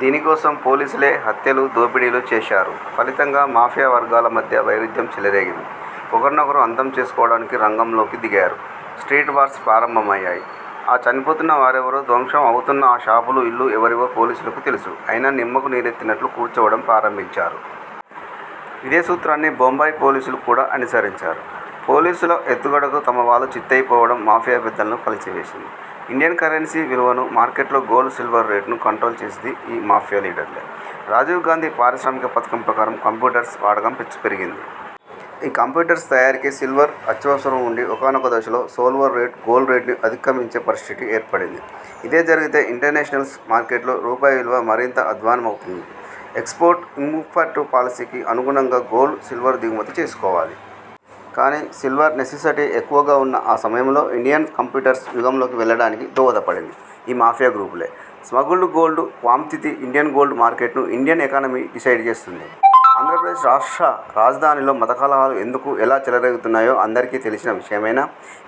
దీని కోసం పోలీసులే హత్యలు, దోపిడీలు, చేశారు. ఫలితంగా మాఫియ వర్గాల మధ్య వైరుధ్యం చేలరేగింది. ఒకర్నొకరు అంతం చేసుకోవడానికిరంగంలోకి దిగారు. స్ట్రీట్ వార్స్ ప్రారంభమయ్యాయి. ఆ చనిపోతున్న వారెవరో ధ్వంశం అవుతున్న ఆ షాపులు, ఇల్లు, ఎవరివో పోలీసులకి తెలుసు. అయినా నిమ్మకు నీరెత్తినట్లు కూర్చోవడం ప్రారంభించారు. ఇదే సూత్రాన్ని బొంబాయి ఫోలీసులు కూడా అనిసరించారు. పోలీసుల ఎత్తుగడకి తమవాళ్ళు చిత్తయిపోవడం మాఫియా పెద్దల్ని కలచివేసింది. ఇండియన్ కరెన్సీ విలువని, మార్కెట్లో గోల్డ్ సిల్వర్ రేటుని కంట్రోల్ చేస్ది ఈ మాఫియా లీడర్లె! రాజీవ్ గాందీ పారిశ్రామిక పథకం ప్రకారం కంప్యూటర్స్ వాడకం పెచ్చుపెరిగింది. ఈ కంప్యూటర్స్ తయారీకి సిల్వర్ అచ్వసరం వుండి. ఒకానొక దశలో సోల్వర్ రేటు గోల్డు రేటుని అధికమించే పరిష్టితి ఏర్పడింది. ఇదే జరిగితే ఇంటర్నేషనల్స్ మార్కెట్ లో రూపాయి విలువ మరింత అద్వాన్నమవుతుమ్ది. ఎక్స్ పోర్ట్ ఇమ్పావుర్టు పాలసీకి అనుగుణంగా గోల్డు, సిల్వర్ దిగుమతి చేసుకోవాలి. కాని సిల్వర్ నెస్సిసటీ ఎక్కువుగా వున్నా అ సమయంలో ఇండియన్ కంప్యూటర్స్ యుగంలోకి వెళ్ళాడానికి దోహదపడింది. ఈ మాఫియ గ్రూపులే! Smuggled gold quantity Indian gold market ని ఇండియన్ ఎకానమీని డిసైడ్ చేస్తంది!! ఆంద్రప్రదేశ్ రాష్ట్రా రాజధానిలో మతకలహాలు ఎందుకు, ఎలా చెలరేగుతున్నాయో అందరీకి తెలిసిన విషయమయినా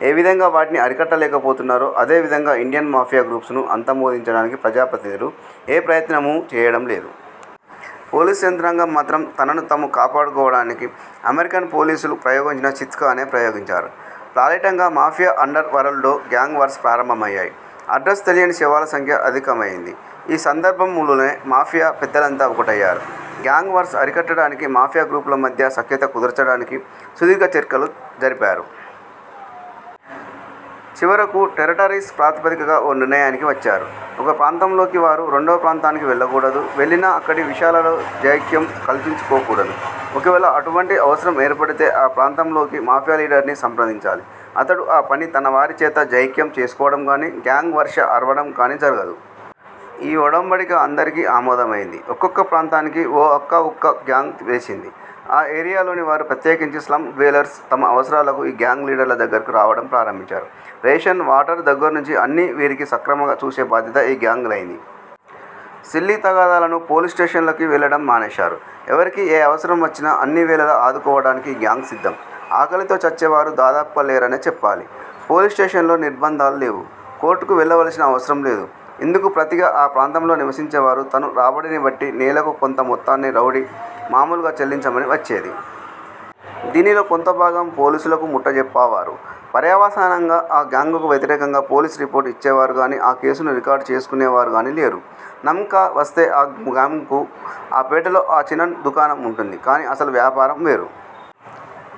ఏ విధంగా వాటిని అరికట్ట లేకపోతున్నారో అదే విధంగా ఇండియన్ మాఫియా గ్రూప్స్ ని అంత మోదించడానికి ప్రజా ప్రతినిధులు ఏ ప్రయత్నమూ చేయడంలేదు. పోలీస్ యంత్రాంగం మాత్రం తనను తము కాపాడుకోవడానికి అమెరికన్ పోలీసులు ప్రయోగించిన చిత్కానే ప్రయోగించారు. ఫ్గాలిటంగా మాఫియా అండర్ వరల్డు లో గ్యాంగ్ వార్స్ ప్రారంభమయ్యాయి. అడ్రస్ తెలియని శవాల సంఖ్య అధికమయింది. ఈ సందర్బంములోనే మాఫియా పెద్దలంతా ఒకటయ్యారు. గ్యాంగ్ వార్స్ అరికట్టడానికి మాఫియా గ్రూపుల మధ్య సఖ్యత కుదర్చడానికి సుదీర్ఘ చర్చలు జరిపారు. చివరకు టేరటరీస్ ప్రాతిపదికగా ఓ నిర్ణయానికి వచ్చారు. ఒక ప్రాంతంలోకి వారు రెండవ ప్రాంతానికి వెళ్ళకూడదు వెళ్ళినా అక్కడి విశాలలో జైక్యం కల్పించుకోకూడదు. ఒకవేళ అటువంటి అవసరం ఏర్పడితే ఆ ప్రాంతంలోకి మాఫియ లీదర్నీ సంప్రదించాలి అతడు ఆ పని తనవారి చేత జైక్యం చేసుకోవడంగాని, గ్యాంగ్ వర్ష అరవడంగాని జరగదు. ఈ ఒడంబడిక అందరికి అమోదమయింది. ఒక్కొక్క ప్రాంతానికి ఒఅక్కావుక్క గ్యాంగ్ వెలిసింది. అ ఏరియాలోని వారు ప్రత్యేకించి స్లమ్ డ్వేలర్స్ తమ అవసరాలకు ఈ గ్యాంగ్ లీడర్ల దగ్గరకు రావడం ప్రారంభించారు. రేషన్, వాటర్ దగ్గర్నుంచీ అన్నీ వీరికి సక్రమగా చూసే బాధ్యత ఈ గ్యాంగ్ దయింది. సిల్లీ తగాదాలను పోలీసు స్టేషన్ లకి వెళ్ళడం మానేశారు. ఎవరికీ ఏ అవసరం వచ్చినా అన్ని వేళలా ఆదుకోవడానికి ఈ గ్యాంగ్ సిద్దం! ఆకలితో చచ్చేవారు దాదాపుగా లేరనే చెప్పాలి. పోలీసు స్టేషన్ లో నిర్భంధాలు లేవు. కోర్టుకి వెళ్లవలసిన అవసరం లేదు. ఇందుకు ప్రతిగా ఆ ప్రాంతంలో నివసించేవారు తను రాబడినిబట్టి నేలకు కొంత మొత్తాన్ని రౌడీ మాములుగా చెల్లించమని వచ్చేది. దీనిలో కొంతభాగం పోలీసులకు ముట్టజెప్పావారు. పర్యవసానంగా అ గ్యాంగ్ కి వ్యతిరేకంగా పోలీసు రిపోర్టు యిచ్చేవారుగాని, ఆ కేసుని రికార్డు చేసుకునేవారుగాని లేరు. నం కా వస్తే ఆ గ్యమ్గు కి ఆ పేటలో ఓ చినన్ దుకాణం వుంటుంది. కాని అసలు వ్యాపారం వేరు.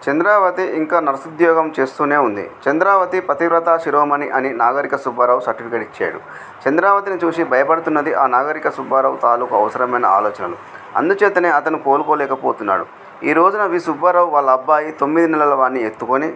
చంద్రావతి యింకా నర్సుద్యోగం చేస్తూనేవుంది. చంద్రావతి పతివ్రతా శిరోమణి అని నాగరిక సుబ్బారావు సర్టిఫికెటిచ్చేడు. చంద్రావతిని చూసి భయపడుతున్నది ఆ నాగరికి సుబ్బారావు తాలూకు అవసరమైన ఆలోచనలు. అందుచేతనే అతను కోలుకోలేక పోతున్నాడు. ఈ రోజున- వి. సుబ్బారావు వాళ్ళబ్బాయి తొమ్మిది నెలల వాణ్ణి యెత్తుకుని.